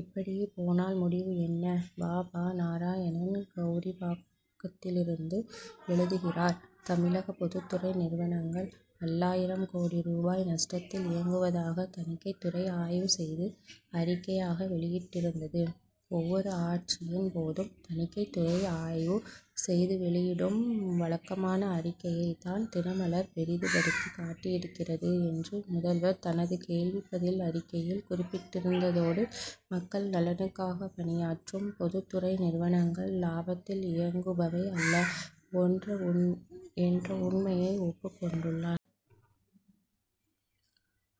இப்படியே போனால் முடிவு என்ன? வ. ப. நாராயணன், கவுரிவாக்கத்திலிருந்து எழுதுகிறார் தமிழக பொதுத்துறை நிறுவனங்கள், பல்லாயிரம் கோடி ரூபாய் நஷ்டத்தில் இயங்குவதாக, தணிக்கைத் துறை ஆய்வு செய்து அறிக்கையாக வெளியிட்டிருந்தது. ஒவ்வொரு ஆட்சியின் போதும், தணிக்கைத்துறை ஆய்வு செய்து வெளியிடும் வழக்கமான அறிக்கையைத் தான் தினமலர் பெரிதுபடுத்தி காட்டியிருக்கிறது' என்று, முதல்வர் தனது கேள்வி பதில் அறிக்கையில் குறிப்பிட்டிருந்ததோடு, மக்கள் நலனுக்காகப் பணியாற்றும் பொதுத்துறை நிறுவனங்கள் லாபத்தில் இயங்குபவை அல்ல' ஒன்று என்ற உண்மையையும் ஒப்புக் கொண்டுள்ளார்.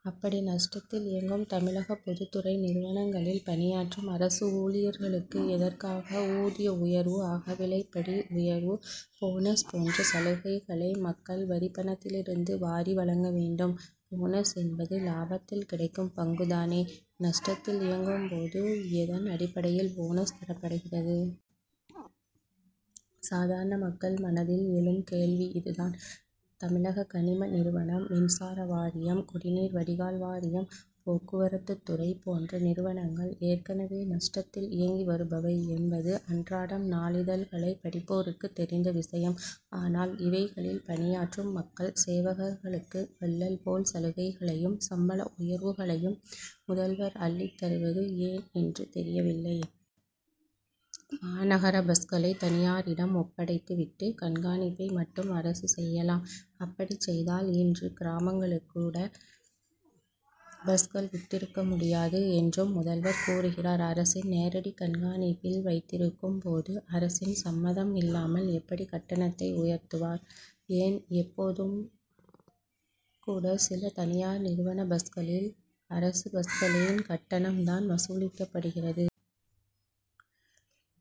அப்படி நஷ்டத்தில் இயங்கும் தமிழக பொதுத்துறை நிறுவனங்களில் பணியாற்றும் அரசு ஊழியர்களுக்கு, எதற்காக ஊதிய உயர்வு, அகவிலைப்படி உயர்வு, போனஸ் போன்ற சலுகைகளை மக்கள் வரிப்பணத்திலிருந்து வாரி வழங்க வேண்டும்? போனஸ் என்பது, லாபத்தில் கிடைக்கும் பங்கு தானே. நஷ்டத்தில் இயங்கும் போது, எதன் அடிப்படையில் போனஸ் தரப்படுகிறது? சாதாரண மக்கள் மனதில் எழும் கேள்வி இதுதான். தமிழக கனிம நிறுவனம், மின்சார வாரியம், குடிநீர் வடிகால் வாரியம், போக்குவரத்துத் துறை போன்ற நிறுவனங்கள், ஏற்கனவே நஷ்டத்தில் இயங்கி வருபவை என்பது அன்றாடம் நாளிதழ்களை படிப்போருக்கு தெரிந்த விஷயம். ஆனால், இவைகளில் பணியாற்றும் மக்கள் சேவகர்களுக்கு, வள்ளல் போல் சலுகைகளையும், சம்பள உயர்வுகளையும் முதல்வர் அள்ளித் தருவது ஏன் என்று தெரியவில்லை. மாநகர பஸ்களை தனியாரிடம் ஒப்படைத்து விட்டு, கண்காணிப்பை மட்டும் அரசு செய்யலாம். அப்படிச் செய்தால், இன்று கிராமங்களுக்குக் கூட பஸ்கள் விட்டிருக்க முடியாது' என்றும் முதல்வர் கூறுகிறார். அரசின் நேரடி கண்காணிப்பில் வைத் திருக்கும் போது, அரசின் சம்மதம் இல்லாமல் எப்படி கட்டணத்தை உயர்த்துவர்? ஏன், இப்போதும் கூட சில தனியார் நிறுவன பஸ்களில், அரசு பஸ்களின் கட்டணம் தான் வசூலிக்கப்படுகிறது.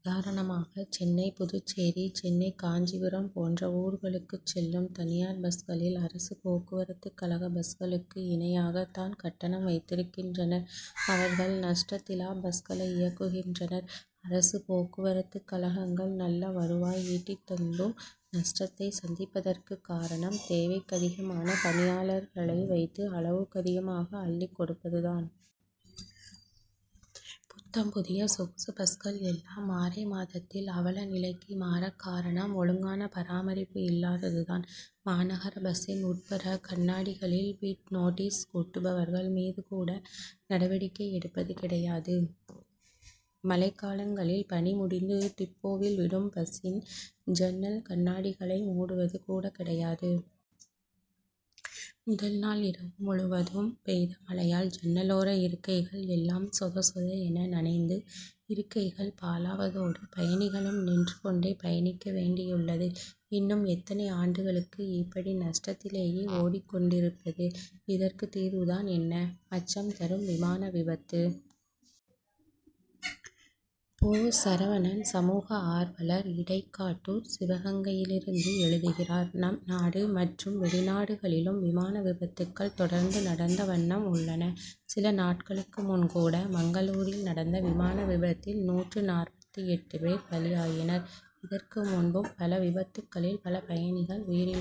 உதாரணமாக, சென்னை புதுச்சேரி, சென்னை காஞ்சிபுரம் போன்ற ஊர்களுக்குச் செல்லும் தனியார் பஸ்களில், அரசு போக்குவரத்துக்கழக பஸ்களுக்கு இணையாகத் தான் கட்டணம் வைத்திருக்கின்றனர். அவர்கள் நஷ்டத்திலா பஸ்களை இயக்குகின்றனர்? அரசு போக்குவரத்துக் கழகங்கள் நல்ல வருவாய் ஈட்டித் தந்தும், நஷ்டத்தை சந்திப்பதற்குக் காரணம், தேவைக்கதிகமான பணியாளர்களை வைத்து, அளவுக்கதிகமாக அள்ளிக் கொடுப்பது தான். புத்தம் புதிய சொகுசு பஸ்கள் எல்லாம், ஆறே மாதத்தில் அவல நிலைக்கு மாறக்காரணம், ஒழுங்கான பராமரிப்பு இல்லாதது தான். மாநகர பஸ்சின் உட்புற கண்ணாடிகளில், பிட் நோட்டீஸ்' ஒட்டுபவர்கள் மீது கூட நடவடிக்கை எடுப்பது கிடையாது. மழைக்காலங்களில் பணி முடிந்து டிப்போவில் விடும் பஸ்சின் ஜன்னல் கண்ணாடிகளை மூடுவது கூட கிடையாது. முதல் நாள் இரவு முழுவதும் பெய்த மழையால், ஜன்னலோர இருக்கைகள் எல்லாம் சொத சொத என நனைந்து, இருக்கைகள் பாழாவதோடு, பயணிகளும் நின்று கொண்டே பயணிக்க வேண்டியுள்ளது. இன்னும் எத்தனை ஆண்டுகளுக்கு இப்படி நஷ்டத்திலேயே ஓடிக் கொண் டிருப்பது? இதற்கு தீர்வு தான் என்ன? அச்சம் தரும் விமான விபத்து! போ. சரவணன், சமூக ஆர்வலர், இடைக்காட்டூர், சிவகங்கையிலிருந்து எழுதுகிறார் நம் நாடு மற்றும் வெளிநாடுகளிலும் விமான விபத்துகள் தொடர்ந்து நடந்த வண்ணம் உள்ளன. சில நாட்களுக்கு முன் கூட, மங்களூரில் நடந்த விமான விபத்தில், நூற்று நாற்பத்து எட்டு பேர் பலி ஆயினர். இதற்கு முன்பும் பல விபத்துகளில், பல பயணிகள் உயிரிழந்